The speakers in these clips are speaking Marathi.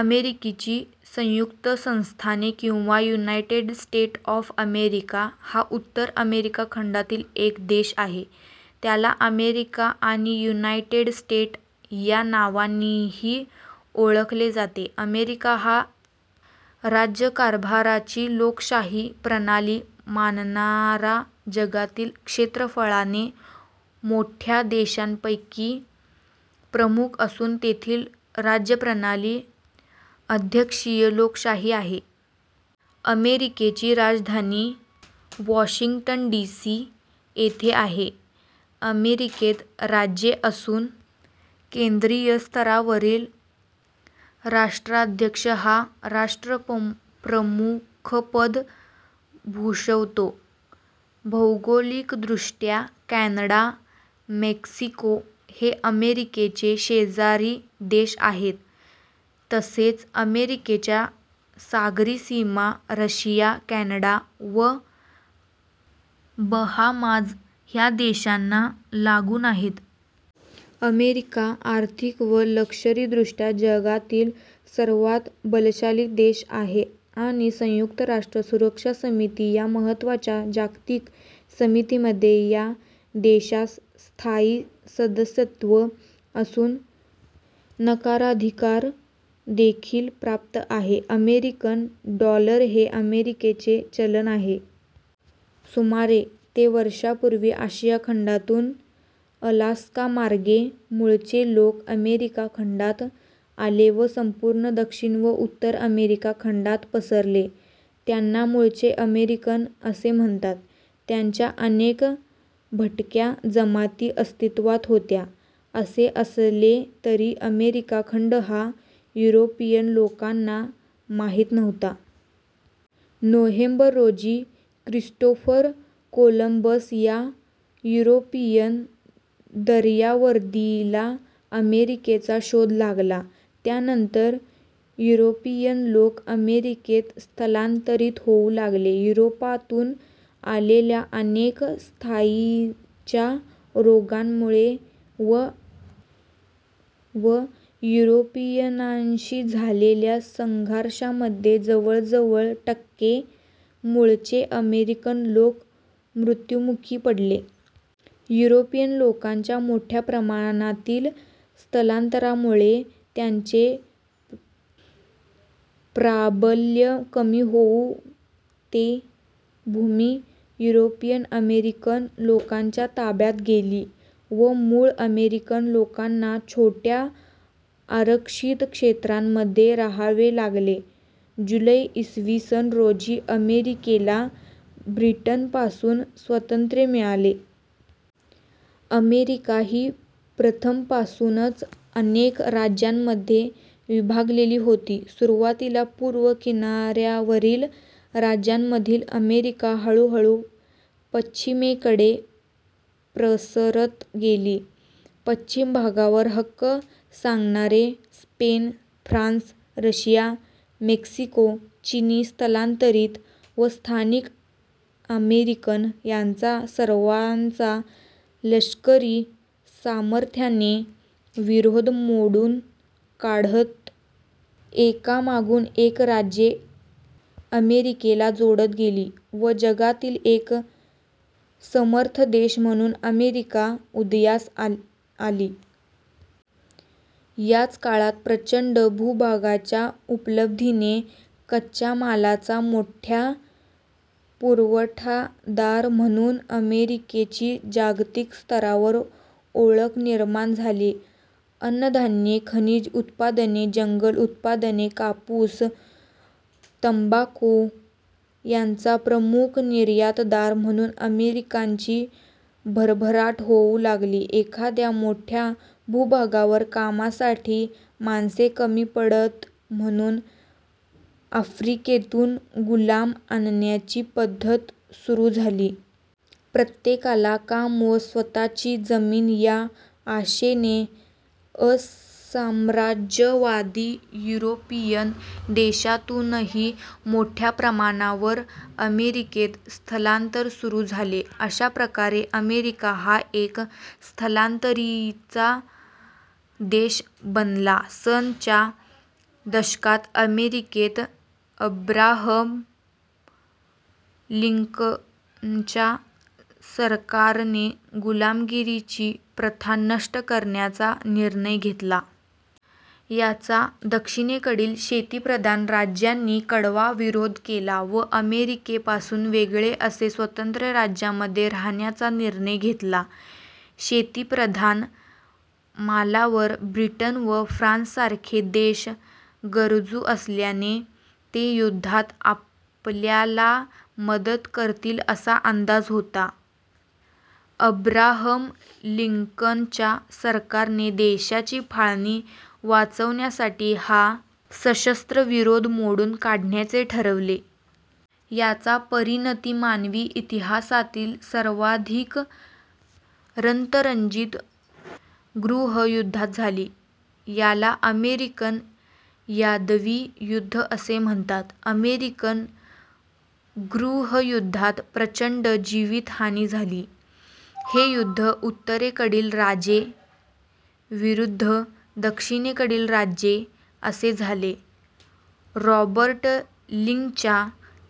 अमेरिकेची संयुक्त संस्थाने किंवा युनायटेड स्टेट्स ऑफ अमेरिका हा उत्तर अमेरिका खंडातील एक देश आहे. त्याला अमेरिका आणि युनायटेड स्टेट्स या नावानींही ओळखले जाते. अमेरिका हा राज्यकारभाराची लोकशाही प्रणाली मानणारा जगातील क्षेत्रफळाने मोठ्या देशांपैकी प्रमुख असून येथील राज्यप्रणाली 'अध्यक्षीय लोकशाही' आहे. अमेरिकेची राजधानी 'वॉशिंग्टन डी. सी. ' येथे आहे. अमेरिकेत राज्ये असून केंद्रीय स्तरावरील राष्ट्राध्यक्ष हा राष्ट्रप्रमुखपद भूषवतो. भौगोलिकदृष्ट्या कॅनडा, मेक्सिको हे अमेरिकेचे शेजारी देश आहेत, तसेच अमेरिकेच्या सागरी सीमा रशिया, कॅनडा व बहामाज् ह्या देशांना लागून आहेत. अमेरिका आर्थिक व लष्करीदृष्ट्या जगातील सर्वांत बलशाली देश आहे आणि संयुक्त राष्ट्र सुरक्षा समिती या महत्त्वाच्या जागतिक समितीमध्ये या देशास स्थायी सदस्यत्व असून नकाराधिकार देखील प्राप्त आहे. अमेरिकन डॉलर हे अमेरिकेचे चलन आहे. सुमारे ते वर्षांपूर्वी, आशिया खंडातून अलास्कामार्गे मूळचे लोक अमेरिका खंडात आले व संपूर्ण दक्षिण व उत्तर अमेरिका खंडात पसरले. त्यांना मूळचे अमेरिकन असे म्हणतात. त्यांच्या अनेक भटक्या जमाती अस्तित्वात होत्या. असे असले तरी अमेरीका खंड हा युरोपियन लोकांना माहित नव्हता. नोव्हेंबर रोजी क्रिस्टोफर कोलंबस या युरोपियन दर्यावर्दीला अमेरिकेचा शोध लागला. त्यानंतर युरोपियन लोक अमेरिकेत स्थलांतरित होऊ लागले. युरोपातून आलेल्या अनेक साथीच्या रोगांमुळे व युरोपियनांशी झालेल्या संघर्षांमध्ये जवळजवळ टक्के मूळचे अमेरिकन लोक मृत्युमुखी पडले. युरोपियन लोकांच्या मोठ्या प्रमाणातील स्थलांतरामुळे त्यांचे प्राबल्य कमी होऊन ती भूमी युरोपियन अमेरिकन लोकांच्या ताब्यात गेली व मूळ अमेरिकन लोकांना छोट्या आरक्षित क्षेत्रांमध्ये राहावे लागले. जुलै, इ. स. रोजी अमेरिकेला ब्रिटनपासून स्वातंत्र्य मिळाले. अमेरिका ही प्रथमपासूनच अनेक राज्यांमध्ये विभागलेली होती. सुरुवातीला पूर्व किनाऱ्यावरील राज्यांमधील अमेरिका हळूहळू पश्चिमेकडे प्रसरत गेली. पश्चिम भागावर हक्क सांगणारे, स्पेन, फ्रान्स, रशिया, मेक्सिको, चिनी स्थलांतरित व स्थानिक अमेरिकन यांचा सर्वांचा लष्करी सामर्थ्याने विरोध मोडून काढत एकामागून एक राज्ये अमेरिकेला जोडत गेली व जगातील एक समर्थ देश म्हणून अमेरिका उदयास आली. याच काळात प्रचंड भूभागाच्या उपलब्धीने कच्च्या मालाचा मोठा पुरवठादार म्हणून अमेरिकेची जागतिक स्तरावर ओळख निर्माण झाली. अन्नधान्ये, खनिज उत्पादने, जंगल उत्पादने, कापूस, तंबाखू यांचा प्रमुख निर्यातदार म्हणून अमेरिकाची भरभराट होऊ लागली. एवढ्या मोठ्या भूभागावर कामासाठी माणसे कमी पडत म्हणून आफ्रिकेतून गुलाम आणण्याची पद्धत सुरू झाली. प्रत्येकाला काम व स्वतःची जमीन या आशेने असाम्राज्यवादी युरोपीय देशातूनही मोठ्या प्रमाणावर अमेरिकेत स्थलांतर सुरू झाले. अशा प्रकारे अमेरिका हा एक स्थलांतरितांचा देश बनला. सन च्या दशकात अमेरिकेत अब्राहम लिंकनच्या सरकारने गुलामगिरीची प्रथा नष्ट करण्याचा निर्णय घेतला. याचा दक्षिणेकडील शेतीप्रधान राज्यांनी कडवा विरोध केला व अमेरिकेपासून वेगळे असे स्वतंत्र राज्यांमध्ये रहाण्याचा निर्णय घेतला. शेतीप्रधान मालावर ब्रिटन व फ्रान्ससारखे देश गरजू असल्याने ते युद्धात आपल्याला मदत करतील असा अंदाज होता. अब्राहम लिंकनच्या सरकारने देशाची फाळणी वाचवण्यासाठी हा सशस्त्र विरोध मोडून काढण्याचे ठरवले. याचा परिणती मानवी इतिहासातील सर्वाधिक रंक्तरंजित गृहयुद्धात झाली. याला अमेरिकन यादवी युद्ध असे म्हणतात. अमेरिकन गृहयुद्धात प्रचंड जीवित हानी झाली. हे युद्ध उत्तरेकडील राज्ये विरुद्ध दक्षिणेकडील राज्ये असे झाले. रॉबर्ट लींच्या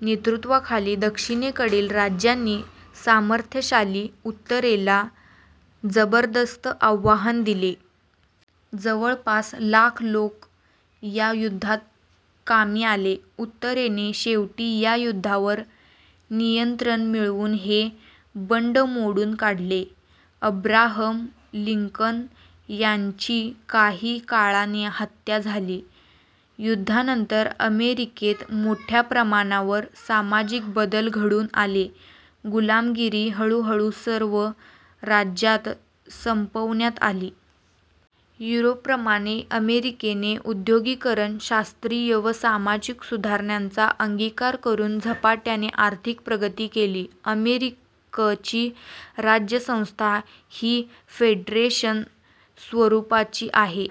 नेतृत्वाखाली दक्षिणेकडील राज्यांनी सामर्थ्यशाली उत्तरेला जबरदस्त आव्हान दिले. जवळपास लाख लोक या युद्धात कामी आले. उत्तरेने शेवटी या युद्धावर नियंत्रण मिळवून हे बंड मोडून काढले. अब्राहम लिंकन यांची काही काळाने हत्या झाली. युद्धानंतर अमेरिकेत मोठ्या प्रमाणावर सामाजिक बदल घडून आले. गुलामगिरी हळूहळू सर्व राज्यांत संपवण्यात आली. युरोपप्रमाणेच अमेरिकेने उद्योगीकरण ,शास्त्रीय व सामाजिक सुधारणांचा अंगिकार करून झपाट्याने आर्थिक प्रगती केली. अमेरिकची राज्य संस्था ही फेडरेशन स्वरूपाची आहे.